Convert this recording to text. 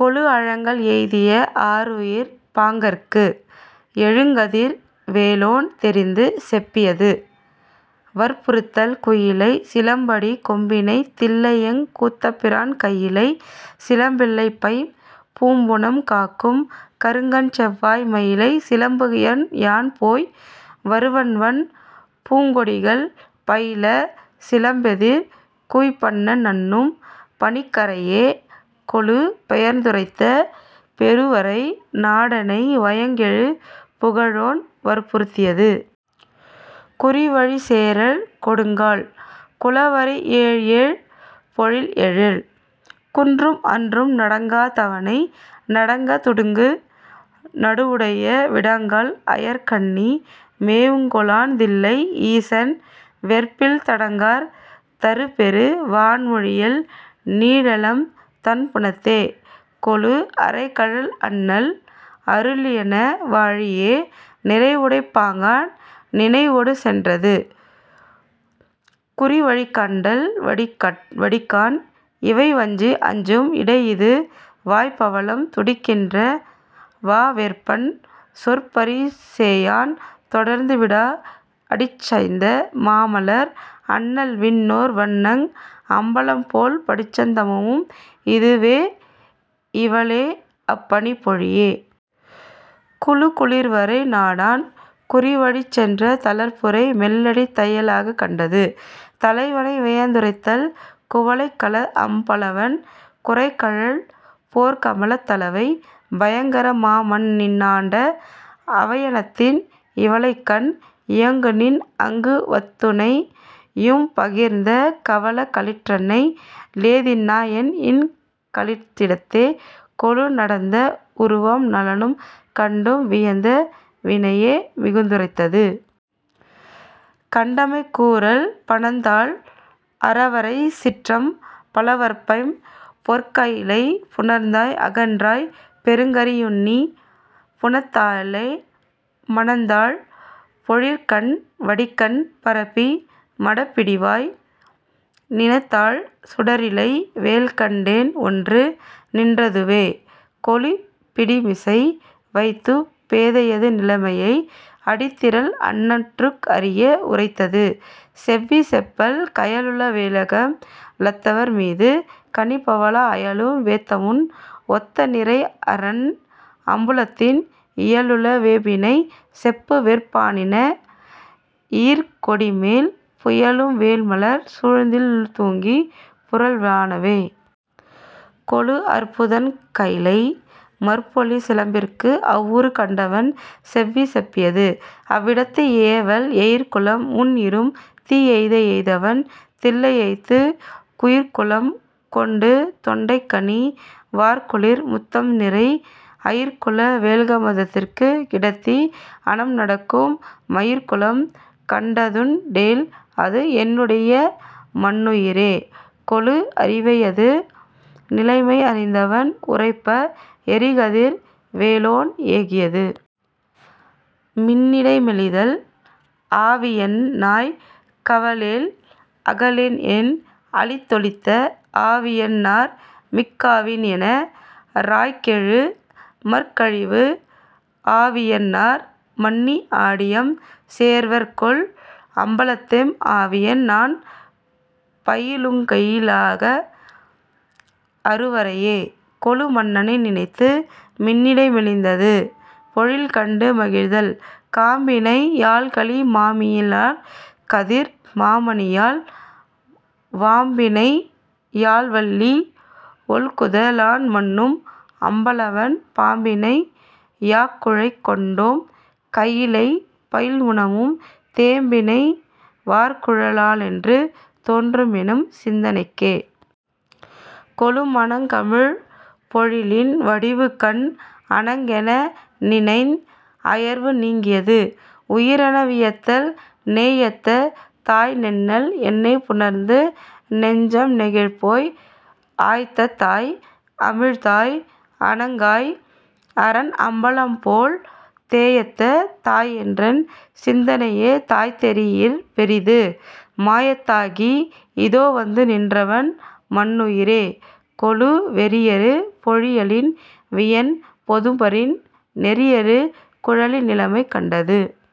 கொளு அழுங்கல் எய்திய ஆருயிர்ப் பாங்கற்குச் செழுங்கதிர் வேலோன் தெரிந்து செப்பியது.. வற்புறுத்தல் குயிலைச் சிலம்படிக் கொம்பினைத் தில்லையெங் கூத்தப்பிரான் கயிலைச் சிலம்பில்பைம் பூம்புனம் காக்கும் கருங்கண்செவ்வாய் மயிலைச் சிலம்புகண் யான்போய் வருவன்வண் பூங்கொடிகள் பயிலச் சிலம்பெதிர் கூய்ப்பண்ணை நண்ணும் பனிக்கறையே... கொளு பெயர்ந்துரைத்த பெருவரை நாடனை வயங்கெழு புகழோன் வற்புறுத்தியது.. குறிவழிச் சேறல் கொடுங்கால் குலவரை ஏழ்ஏழ் பொழில்எழில் குன்றும்அன்றும் நடுங்கா தவனை நடுங்க நுடங்கு நடுவுடைய விடங்கால் அயிற்கண்ணி மேவுங்கொ லாம்தில்லை ஈசன் வெற்பில் தடங்கார் தருபெரு வான்பொழில் நீழலம் தண்புனத்தே.. கொளு அறைகழல் அண்ணல் அருளின வழியே நிறையுடைப் பாங்கன் நினைவொடு சென்றது.. குறிவழிக்காண்டல் வடிக்கண் இவைவஞ்சி அஞ்சும் இடைஇது வாய்பவளம் துடிக்கின்ற வாவெற்பன் சொற்பரி சேயான் தொடர்ந்துவிடா அடிச்சந்த மாமலர் அண்ணல்விண் ணோர்வணங் அம்பலம்போல் படிச்சந் தமும்இது வேஇவ ளேஅப் பணிமொழியே... கொளு குளிர்வரை நாடன் குறிவழிச் சென்று தளிர்புரை மெல்லடித் தையாலக் கண்டது.. தலைவனை வியந்துரைத்தல் குவளைக்களத்அம் பலவன் குரைகழல் போற்கமலத் தவளைப் பயங்கர மாகநின் ஆண்ட அவயவத்தின் இவளைக்கண் இங்குநின் அங்குவந் அத்துனை யும்பகர்ந்த கவளக் களிற்றண்ண லேதிண்ணி யான்இக் கடலிடத்தே... கொளு நயந்த உருவம் நலனும் கண்டு வியந்த வனையே மிகுத்துரைத்தது. கண்டமை கூறல் பணந்தாழ் அரவரைச் சிற்றம் பலவர்பைம் பொற்கயிலைப் புணர்ந்தாங் அகன்ற பொருகரி யுன்னிப் புனத்தயலே மணந்தாழ் பொழிற்கண் வடிக்கண் பரப்பி மடப்பிடிவாய் நிணந்தாழ் சுடரிலை வேல்கண் டேன்ஒன்று நின்றதுவே... கொளு பிடிமிசை வைத்துப் பேதையது நிலைமை அடுதிறல் அண்ணற்கு அறிய உரைத்தது.. செவ்வி செப்பல் கயலுள வேகம லத்தவர் மீது கனிபவளத் அயலுள வேமுத்தம் ஒத்த நிரைஅரன் அம்பலத்தின் இயலுள வேபிணைச் செப்புவெற் பாநின ஈர்ங்கொடிமேல் புயலுள வேமலர் சூழ்ந்திருள் தூங்கிப் புரள்வனவே... கொளு அற்புதன் கைலை மற்பொலி சிலம்பற்கு அவ்வுரு கண்டவன் செவ்வி செப்பியது.. அவ்விடத்து ஏகல் எயிற்குலம் முன்இரும் தீஎய்த எய்தவன் தில்லையத்துக் குயிற்குலம் கொண்டுதொண் டைக்கனி வாய்க்குளிர் முத்தம்நிரைத் அயிற்குல வேல்கம லத்திற் கிடத்தி அனம்நடக்கும் மயிற்குலம் கண்டதுண் டேல்அது என்னுடை மன்னுயிரே... கொளு அரிவையது நிலைமை அறிந்தவன் உரைப்ப எரிகதிர் வேலோன் ஏகியது. மின்னிடை மெலிதல் ஆவியன் னாய்கவ லேல்அக லேம்என் அளித்தொளித்த ஆவியன் னார்மிக் கவாயின ராய்க்கெழு மற்அழிவுற் ஆவியன் னார்மன்னி ஆடிடம் சேர்வர்கொல் அம்பலத்தெம் ஆவியன் னான்பயி லுங்கயி லாயத் அருவரையே... கொளு மன்னனை நினைந்து மின்னிடை மெலிந்தது.. பொழில்கண்டு மகிழ்தல் காம்பிணை யால்களி மாமயி லால்கதிர் மாமணியால் வாம்பிணை யால்வல்லி ஒல்குத லான்மன்னும் அம்பலவன் பாம்பிணை யாக்குழை கொண்டோன் கயிலைப் பயில்புனமும் தேம்பிணை வார்குழ லாளெனத் தோன்றும்என் சிந்தனைக்கே... கொளு மணங்கமழ் பொழிலின் வடிவுகண் அணங்கென நினைந் அயர்வு நீங்கியது.. உயிரென வியத்தல் நேயத்த தாய்நென்னல் என்னைப் புணர்ந்துநெஞ் சம்நெகப்போய் ஆயத்த தாய் அமிழ் தாய்அணங் காய்அரன் அம்பலம்போல் தேயத்த தாய்என்றன் சிந்தைய தாய்த்தெரி யிற்பெரிது மாயத்த தாகி இதோவந்து நின்றஎன் மன்னுயிரே... கொளு வெறியறு பொழிலின் வியன்பொ தும்பரின் நெறியறு குழலி நிலைமை கண்டது..